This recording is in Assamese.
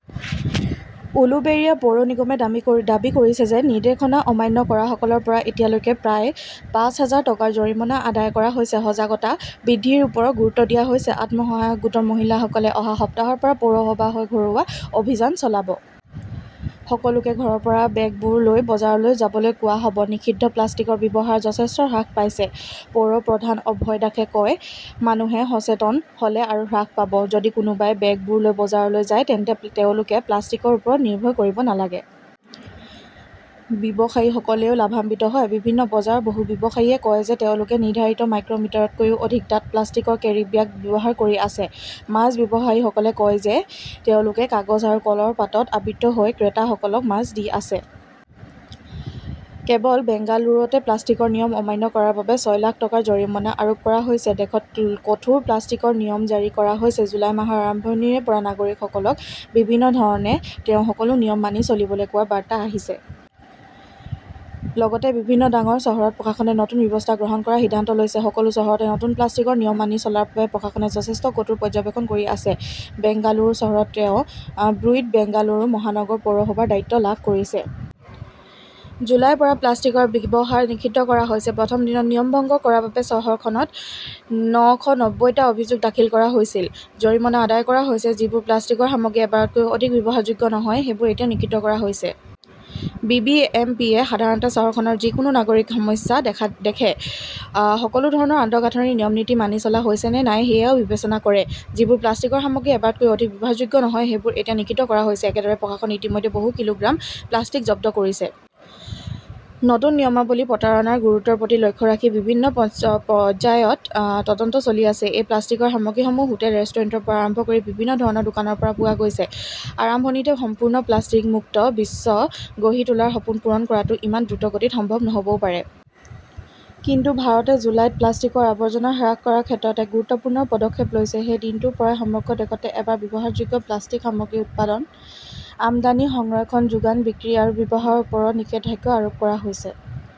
উলুবেৰিয়া পৌৰ নিগমে দাবী কৰিছে যে নিৰ্দেশনা অমান্য কৰাসকলৰ পৰা এতিয়ালৈকে প্ৰায় পাঁচ হাজাৰ টকাৰ জৰিমনা আদায় কৰা হৈছে। সজাগতা বৃদ্ধিৰ ওপৰত গুৰুত্ব দিয়া হৈছে। আত্মসহায়ক গোটৰ মহিলাসকলে অহা সপ্তাহৰ পৰা পৌৰসভাৰ হৈ ঘৰুৱা অভিযান চলাব। সকলোকে ঘৰৰ পৰা বেগবোৰ লৈ বজাৰলৈ যাবলৈ কোৱা হ'ব। নিষিদ্ধ প্লাষ্টিকৰ ব্যৱহাৰ যথেষ্ট হ্ৰাস পাইছে, পৌৰ প্ৰধান অভয় দাসে কয়। মানুহে সচেতন হ'লে আৰু হ্ৰাস পাব। যদি কোনোবাই বেগবোৰ লৈ বজাৰলৈ যায়, তেন্তে তেওঁলোকে প্লাষ্টিকৰ ওপৰত নিৰ্ভৰ কৰিব নালাগে। ব্যৱসায়ীসকলেও লাভান্বিত হয়। বিভিন্ন বজাৰৰ বহু ব্যৱসায়ীয়ে কয় যে তেওঁলোকে নিৰ্ধাৰিত মাইক্ৰমিটাৰতকৈও অধিক ডাঠ প্লাষ্টিকৰ কেৰিব্যাগ ব্যৱহাৰ কৰি আছে। মাছ ব্যৱসায়ীসকলে কয় যে তেওঁলোকে কাগজ আৰু কলৰ পাতত আবৃত হৈ ক্ৰেতাসকলক মাছ দি আছে। কেৱল বেংগালুৰুতে প্লাষ্টিকৰ নিয়ম অমান্য কৰাৰ বাবে ছয় লাখ টকাৰ জৰিমনা আৰোপ কৰা হৈছে। দেশত কঠোৰ প্লাষ্টিকৰ নিয়ম জাৰি কৰা হৈছে। জুলাই মাহৰ আৰম্ভণিৰে পৰা নাগৰিকসকলক বিভিন্ন ধৰণে তেওঁ সকলো নিয়ম মানি চলিবলৈ কোৱাৰ বাৰ্তা আহিছে। লগতে বিভিন্ন ডাঙৰ চহৰত প্ৰশাসনে নতুন ব্যৱস্থা গ্ৰহণ কৰাৰ সিদ্ধান্ত লৈছে। সকলো চহৰতে নতুন প্লাষ্টিকৰ নিয়ম মানি চলাৰ বাবে প্ৰশাসনে যথেষ্ট কঠোৰ পৰ্যবেক্ষণ কৰি আছে। বেংগালুৰু চহৰত তেওঁ ব্ৰুহট বেংগালুৰু মহানগৰ পৌৰসভা ৰ দায়িত্ব লাভ কৰিছে। জুলাইৰ পৰা প্লাষ্টিকৰ ব্যৱহাৰ নিষিদ্ধ কৰা হৈছে। প্ৰথম দিনত নিয়ম ভংগ কৰাৰ বাবে চহৰখনত নশ নব্বৈটা অভিযোগ দাখিল কৰা হৈছিল। জৰিমনা আদায় কৰা হৈছে। যিবোৰ প্লাষ্টিকৰ সামগ্ৰী এবাৰতকৈ অধিক ব্যৱহাৰযোগ্য নহয় সেইবোৰ এতিয়া নিষিদ্ধ কৰা হৈছে। বিবিএমপিয়ে সাধাৰণতে চহৰখনৰ যিকোনো নাগৰিক সমস্যা দেখে। সকলো ধৰণৰ আন্তঃগাঁথনিৰ নিয়ম-নীতি মানি চলা হৈছে নে নাই সেয়াও বিবেচনা কৰে। যিবোৰ প্লাষ্টিকৰ সামগ্ৰী এবাৰতকৈ অধিক ব্যৱহাৰযোগ্য নহয় সেইবোৰ এতিয়া নিষিদ্ধ কৰা হৈছে। একেদৰে, প্ৰশাসনে ইতিমধ্যে বহু কিলোগ্ৰাম প্লাষ্টিক জব্দ কৰিছে। নতুন নিয়মাৱলীৰ প্ৰতাৰণাৰ গুৰুত্বৰ প্ৰতি লক্ষ্য ৰাখি বিভিন্ন পৰ্যায়ত তদন্ত চলি আছে। এই প্লাষ্টিকৰ সামগ্ৰীসমূহ হোটেল, ৰেষ্টুৰেণ্টৰ পৰা আৰম্ভ কৰি বিভিন্ন ধৰণৰ দোকানৰ পৰা পোৱা গৈছে। আৰম্ভণিতে সম্পূৰ্ণ প্লাষ্টিক-মুক্ত বিশ্ব গঢ়ি তোলাৰ সপোন পূৰণ কৰাটো ইমান দ্ৰুতগতিত সম্ভৱ নহ'বও পাৰে। কিন্তু ভাৰতে জুলাইত প্লাষ্টিকৰ আৱৰ্জনা হ্ৰাস কৰাৰ ক্ষেত্ৰত এক গুৰুত্বপূৰ্ণ পদক্ষেপ লৈছে। সেই দিনটোৰ পৰাই সমগ্ৰ দেশতে এবাৰ ব্যৱহাৰযোগ্য প্লাষ্টিক সামগ্ৰীৰ উৎপাদন, আমদানি, সংৰক্ষণ, যোগান, বিক্ৰী আৰু ব্যৱহাৰৰ ওপৰত নিষেধাজ্ঞা আৰোপ কৰা হৈছে।